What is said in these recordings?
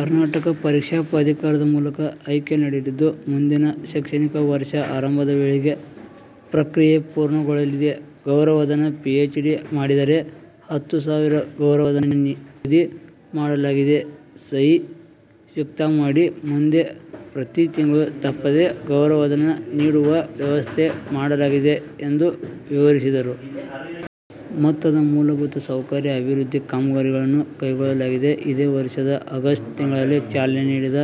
ಕರ್ನಾಟಕ ಪರೀಕ್ಷಾ ಪ್ರಾಧಿಕಾರದ ಮೂಲಕ ಆಯ್ಕೆ ನಡೆಯಲಿದ್ದು, ಮುಂದಿನ ಶೈಕ್ಷಣಿಕ ವರ್ಷ ಆರಂಭದ ವೇಳೆಗೆ ಪ್ರಕ್ರಿಯೆ ಪೂರ್ಣಗೊಳ್ಳಲಿದೆ. ಗೌರವಧನ, ಪಿಎಚ್‌ಡಿ ಮಾಡಿದ್ದರೆ ಹತ್ತು ಸಾವಿರ ಗೌರವಧನ ನಿಗದಿ ಮಾಡಲಾಗಿದೆ. ಸಹಿ ಚುಕ್ತಾ ಮಾಡಿ ಮುಂದೆ ಪ್ರತಿ ತಿಂಗಳು ತಪ್ಪದೆ ಗೌರವಧನ ನೀಡುವ ವ್ಯವಸ್ಥೆ ಮಾಡಲಾಗಿದೆ ಎಂದು ವಿವರಿಸಿದರು. ಮೊತ್ತದ ಮೂಲಭೂತ ಸೌಕರ್ಯ ಅಭಿವೃದ್ಧಿ ಕಾಮಗಾರಿಗಳನ್ನು ಕೈಗೊಳ್ಳಲಾಗಿದೆ. ಇದೇ ವರ್ಷದ ಆಗಸ್ಟ್ ತಿಂಗಳಲ್ಲಿ ಚಾಲನೆ ನೀಡಿದ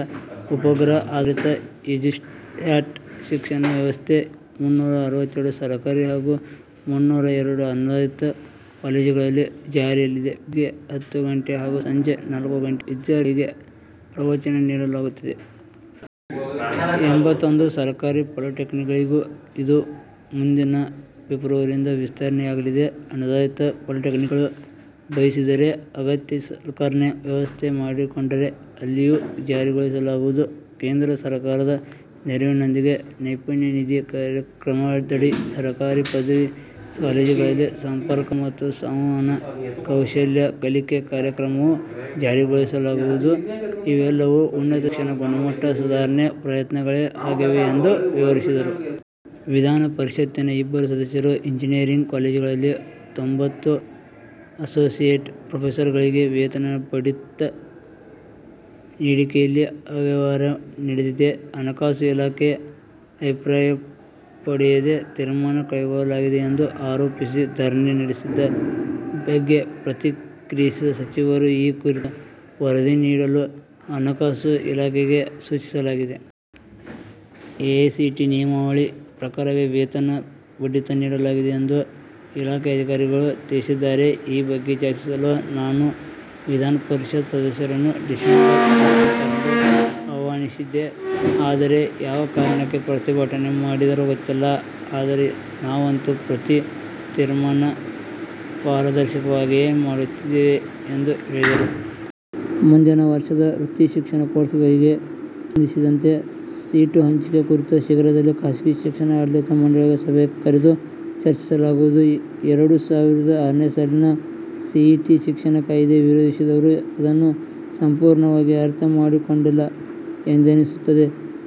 ಉಪಗ್ರಹ ಆಧಾರಿತ ಎಜುಸ್ಯಾಟ್ ಶಿಕ್ಷಣ ವ್ಯವಸ್ಥೆ ಮುನ್ನೂರ ಅರವತ್ತೆರಡು ಸರ್ಕಾರಿ ಹಾಗೂ ಮುನ್ನೂರ ಎರಡು ಅನುದಾನಿತ ಕಾಲೇಜುಗಳಲ್ಲಿ ಜಾರಿಯಲ್ಲಿದೆ. ಬೆಳಗ್ಗೆ ಹತ್ತು ಗಂಟೆ ಹಾಗೂ ಸಂಜೆ ನಾಲ್ಕು ಗಂಟೆಗೆ ವಿದ್ಯಾರ್ಥಿಗಳಿಗೆ ಪ್ರವಚನ ನೀಡಲಾಗುತ್ತಿದೆ. ಎಂಬತ್ತೊಂದು ಸರ್ಕಾರಿ ಪಾಲಿಟೆಕ್ನಿಕ್‌ಗಳಿಗೂ ಇದು ಮುಂದಿನ ಫೆಬ್ರವರಿಯಿಂದ ವಿಸ್ತರಣೆಯಾಗಲಿದೆ. ಅನುದಾನಿತ ಪಾಲಿಟೆಕ್ನಿಕ್‌ಗಳು ಬಯಸಿದರೆ ಅಗತ್ಯ ಸಲಕರಣೆ ವ್ಯವಸ್ಥೆ ಮಾಡಿಕೊಂಡರೆ ಅಲ್ಲಿಯೂ ಜಾರಿಗೊಳಿಸಲಾಗುವುದು. ಕೇಂದ್ರ ಸರ್ಕಾರದ ನೆರವಿನೊಂದಿಗೆ ನೈಪುಣ್ಯ ನಿಧಿ ಕಾರ್ಯಕ್ರಮದಡಿ ಸರ್ಕಾರಿ ಪದವಿ ಕಾಲೇಜುಗಳಲ್ಲಿ ಸಂಪರ್ಕ ಮತ್ತು ಸಂವಹನ ಕೌಶಲ್ಯ ಕಲಿಕೆ ಕಾರ್ಯಕ್ರಮವೂ ಜಾರಿಗೊಳಿಸಲಾಗುವುದು. ಇವೆಲ್ಲವೂ ಉನ್ನತ ಶಿಕ್ಷಣ ಗುಣಮಟ್ಟ ಸುಧಾರಣೆ ಪ್ರಯತ್ನಗಳೇ ಆಗಿವೆ ಎಂದು ವಿವರಿಸಿದರು. ವಿಧಾನ ಪರಿಷತ್ತಿನ ಇಬ್ಬರು ಸದಸ್ಯರು ಎಂಜಿನಿಯರಿಂಗ್ ಕಾಲೇಜುಗಳಲ್ಲಿನ ತೊಂಬತ್ತು ಅಸೋಸಿಯೇಟ್ ಪ್ರೊಫೆಸರ್‌ಗಳಿಗೆ ವೇತನ ಬಡ್ತಿ ನೀಡಿಕೆಯಲ್ಲಿ ಅವ್ಯವಹಾರ ನಡೆದಿದೆ. ಹಣಕಾಸು ಇಲಾಖೆ ಅಭಿಪ್ರಾಯ ಪಡೆಯದೆ ತೀರ್ಮಾನ ಕೈಗೊಳ್ಳಲಾಗಿದೆ ಎಂದು ಆರೋಪಿಸಿ ಧರಣಿ ನಡೆಸಿದ ಬಗ್ಗೆ ಪ್ರತಿಕ್ರಿಯಿಸಿದ ಸಚಿವರು, ಈ ಕುರಿತು ವರದಿ ನೀಡಲು ಹಣಕಾಸು ಇಲಾಖೆಗೆ ಸೂಚಿಸಲಾಗಿದೆ. ಎಐಸಿಟಿ ನಿಯಮಾವಳಿ ಪ್ರಕಾರವೇ ವೇತನ ಬಡ್ತಿ ನೀಡಲಾಗಿದೆ ಎಂದು ಇಲಾಖೆ ಅಧಿಕಾರಿಗಳು ತಿಳಿಸಿದ್ದಾರೆ. ಈ ಬಗ್ಗೆ ಚರ್ಚಿಸಲು ನಾನು ವಿಧಾನ ಪರಿಷತ್ ಸದಸ್ಯರನ್ನು ಡಿಸೆಂಬರ್ ಇಪ್ಪತ್ತರಂದು ಆಹ್ವಾನಿಸಿದ್ದೆ. ಆದರೆ, ಯಾವ ಕಾರಣಕ್ಕೆ ಪ್ರತಿಭಟನೆ ಮಾಡಿದರೋ ಗೊತ್ತಿಲ್ಲ. ಆದರೆ, ನಾವಂತೂ ಪ್ರತಿ ತೀರ್ಮಾನ ಪಾರದರ್ಶಕವಾಗಿಯೇ ಮಾಡುತ್ತಿದ್ದೇವೆ ಎಂದು ಹೇಳಿದರು. ಮುಂದಿನ ವರ್ಷದ ವೃತ್ತಿ ಶಿಕ್ಷಣ ಕೋರ್ಸ್‌ಗಳಿಗೆ ಸಂಬಂಧಿಸಿದಂತೆ ಸೀಟು ಹಂಚಿಕೆ ಕುರಿತು ಶೀಘ್ರದಲ್ಲೇ ಖಾಸಗಿ ಶಿಕ್ಷಣ ಆಡಳಿತ ಮಂಡಳಿಗಳ ಸಭೆ ಕರೆದು ಚರ್ಚಿಸಲಾಗುವುದು. ಎರಡು ಸಾವಿರದ ಆರನೇ ಸಾಲಿನ ಸಿಇಟಿ ಶಿಕ್ಷಣ ಕಾಯ್ದೆ ವಿರೋಧಿಸಿದವರು ಅದನ್ನು ಸಂಪೂರ್ಣವಾಗಿ ಅರ್ಥ ಮಾಡಿಕೊಂಡಿಲ್ಲ ಎಂದೆನಿಸುತ್ತದೆ.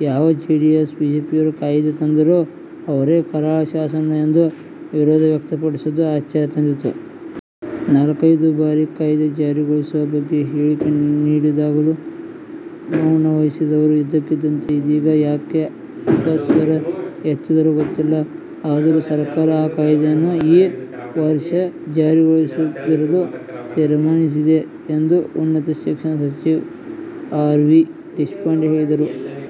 ಯಾವ ಜೆಡಿಎಸ್-ಬಿಜೆಪಿಯವರು ಕಾಯ್ದೆ ತಂದರೋ ಅವರೇ ಕರಾಳ ಶಾಸನ ಎಂದು ವಿರೋಧ ವ್ಯಕ್ತಪಡಿಸಿದ್ದು ಆಶ್ಚರ್ಯ ತಂದಿತು. ನಾಲ್ಕೈದು ಬಾರಿ ಕಾಯ್ದೆ ಜಾರಿಗೊಳಿಸುವ ಬಗ್ಗೆ ಹೇಳಿಕೆ ನೀಡಿದಾಗಲೂ ಮೌನವಹಿಸಿದ್ದವರು ಇದ್ದಕ್ಕಿದ್ದಂತೆ ಇದೀಗ ಯಾಕೆ ಅಪಸ್ವರ ಎತ್ತಿದರೋ ಗೊತ್ತಿಲ್ಲ. ಆದರೂ ಸರ್ಕಾರ ಆ ಕಾಯ್ದೆಯನ್ನು ಈ ವರ್ಷ ಜಾರಿಗೊಳಿಸದಿರಲು ತೀರ್ಮಾನಿಸಿದೆ ಎಂದು ಉನ್ನತ ಶಿಕ್ಷಣ ಸಚಿವ ಆರ್. ವಿ. ದೇಶಪಾಂಡೆ ಹೇಳಿದರು.